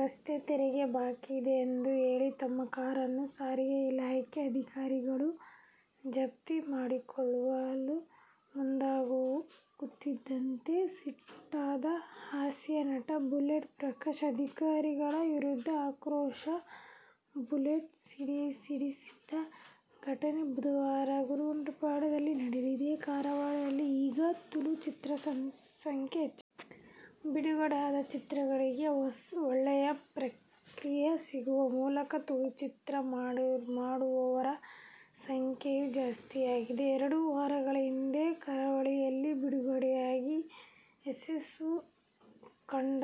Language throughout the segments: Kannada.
ರಸ್ತೆ ತೆರಿಗೆ ಬಾಕಿ ಇದೆ ಎಂದು ಹೇಳಿ ತಮ್ಮ ಕಾರನ್ನು ಸಾರಿಗೆ ಇಲಾಖೆ ಅಧಿಕಾರಿಗಳು ಜಪ್ತಿ ಮಾಡಿಕೊಳ್ಳಲು ಮುಂದಾಗುತ್ತಿದ್ದಂತೆ ಸಿಟ್ಟಾದ ಹಾಸ್ಯ ನಟ ಬುಲೆಟ್ ಪ್ರಕಾಶ್, ಅಧಿಕಾರಿಗಳ ವಿರುದ್ಧ ಆಕ್ರೋಶದ "ಬುಲೆಟ್' ಸಿಡಿಸಿದ ಘಟನೆ ಬುಧವಾರ ಗೊರಗುಂಟೆಪಾಳ್ಯದಲ್ಲಿ ನಡೆದಿದೆ. ಕರಾವಳಿಯಲ್ಲಿ ಈಗ ತುಳು ಚಿತ್ರಗಳ ಸಂಖ್ಯೆ ಹೆಚ್ಚುತ್ತಿದೆ. ಬಿಡುಗಡೆಯಾದ ಚಿತ್ರಗಳಿಗೆ ಒಳ್ಳೆಯ ಪ್ರತಿಕ್ರಿಯೆ ಸಿಗುವ ಮೂಲಕ ತುಳು ಚಿತ್ರ ಮಾಡುವವರ ಸಂಖ್ಯೆಯೂ ಜಾಸ್ತಿಯಾಗಿದೆ. ಎರಡು ವಾರಗಳ ಹಿಂದೆ ಕರಾವಳಿಯಲ್ಲಿ ಬಿಡುಗಡೆಯಾಗಿ ಯಶಸ್ಸು ಕಂಡ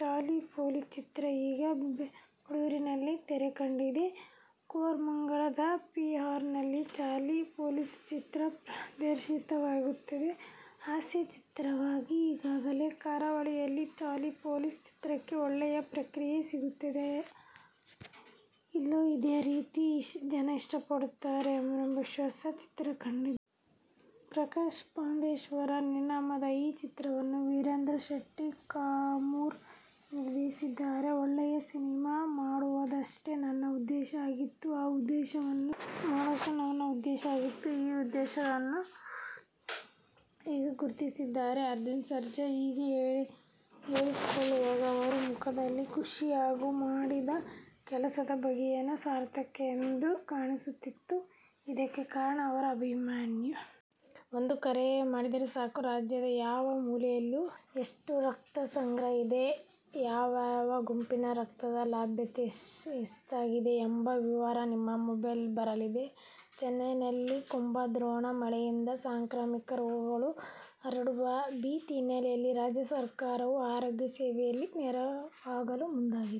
"ಚಾಲಿ -ಪೋಲಿಲು' ಚಿತ್ರ ಈಗ ಬೆಂಗಳೂರಿನಲ್ಲೂ ತೆರೆಕಂಡಿದೆ. ಕೋರಮಂಗಲದ ಪಿವಿಆರ್ನಲ್ಲಿ "ಚಾಲಿ -ಪೋಲಿಲು' ಚಿತ್ರ ಪ್ರದರ್ಶಿತವಾಗುತ್ತಿದೆ. ಹಾಸ್ಯಚಿತ್ರವಾಗಿ ಈಗಾಗಲೇ ಕರಾವಳಿಯಲ್ಲಿ "ಚಾಲಿ -ಪೋಲಿಲು' ಚಿತ್ರಕ್ಕೆ ಒಳ್ಳೆಯ ಪ್ರತಿಕ್ರಿಯೆ ಸಿಗುತ್ತಿದ್ದು, ಇಲ್ಲೂ ಅದೇ ರೀತಿ ಜನ ಇಷ್ಟಪಡುತ್ತಾರೆಂಬ ವಿಶ್ವಾಸ ಚಿತ್ರತಂಡದ್ದು. ಪ್ರಕಾಶ್ ಪಾಂಡೇಶ್ವರ ನಿರ್ಮಾಣದ ಈ ಚಿತ್ರವನ್ನು ವೀರೇಂದ್ರ ಶೆಟ್ಟಿ ಕಾವೂರು ನಿರ್ದೇಶಿಸಿದ್ದಾರೆ. ಒಳ್ಳೆಯ ಸಿನಿಮಾ ಮಾಡೋದಷ್ಟೇ ನನ್ನ ಉದ್ದೇಶವಾಗಿತ್ತು. ಆ ಉದ್ದೇಶವನ್ನು ಈಗ ಗುರುತಿಸಿದ್ದಾರೆ ಅರ್ಜುನ್ ಸರ್ಜಾ ಹೀಗೆ ಹೇಳಿಕೊಳ್ಳುವಾಗ ಅವರ ಮುಖದಲ್ಲಿ ಖುಷಿ ಹಾಗೂ ಮಾಡಿದ ಕೆಲಸದ ಬಗೆಗಿನ ಸಾರ್ಥಕತೆ ಎದ್ದು ಕಾಣುತಿತ್ತು. ಇದಕ್ಕೆ ಕಾರಣ ಅವರ "ಅಭಿಮನ್ಯು'. ಒಂದು ಕರೆ ಮಾಡಿದರೆ ಸಾಕು. ರಾಜ್ಯದ ಯಾವ ಮೂಲೆಯಲ್ಲಿ ಎಷ್ಟು ರಕ್ತ ಸಂಗ್ರಹ ಇದೆ? ಯಾವ್ಯಾವ ಗುಂಪಿನ ರಕ್ತದ ಲಭ್ಯತೆ ಎಷ್ಟೆಷ್ಟಿದೆ ಎಂಬ ವಿವರ ನಿಮ್ಮ ಮೊಬೈಲ್ಗೇ ಬರಲಿದೆ..! ಚೆನ್ನೈನಲ್ಲಿ ಕುಂಭದ್ರೋಣ ಮಳೆಯಿಂದ ಸಾಂಕ್ರಾಮಿಕ ರೋಗಗಳು ಹರಡುವ ಭೀತಿ ಹಿನ್ನೆಲೆಯಲ್ಲಿ ರಾಜ್ಯ ಸರಕಾರವು ಆರೋಗ್ಯ ಸೇವೆಯಲ್ಲಿ ನೆರವಾಗಲು ಮುಂದಾಗಿದೆ.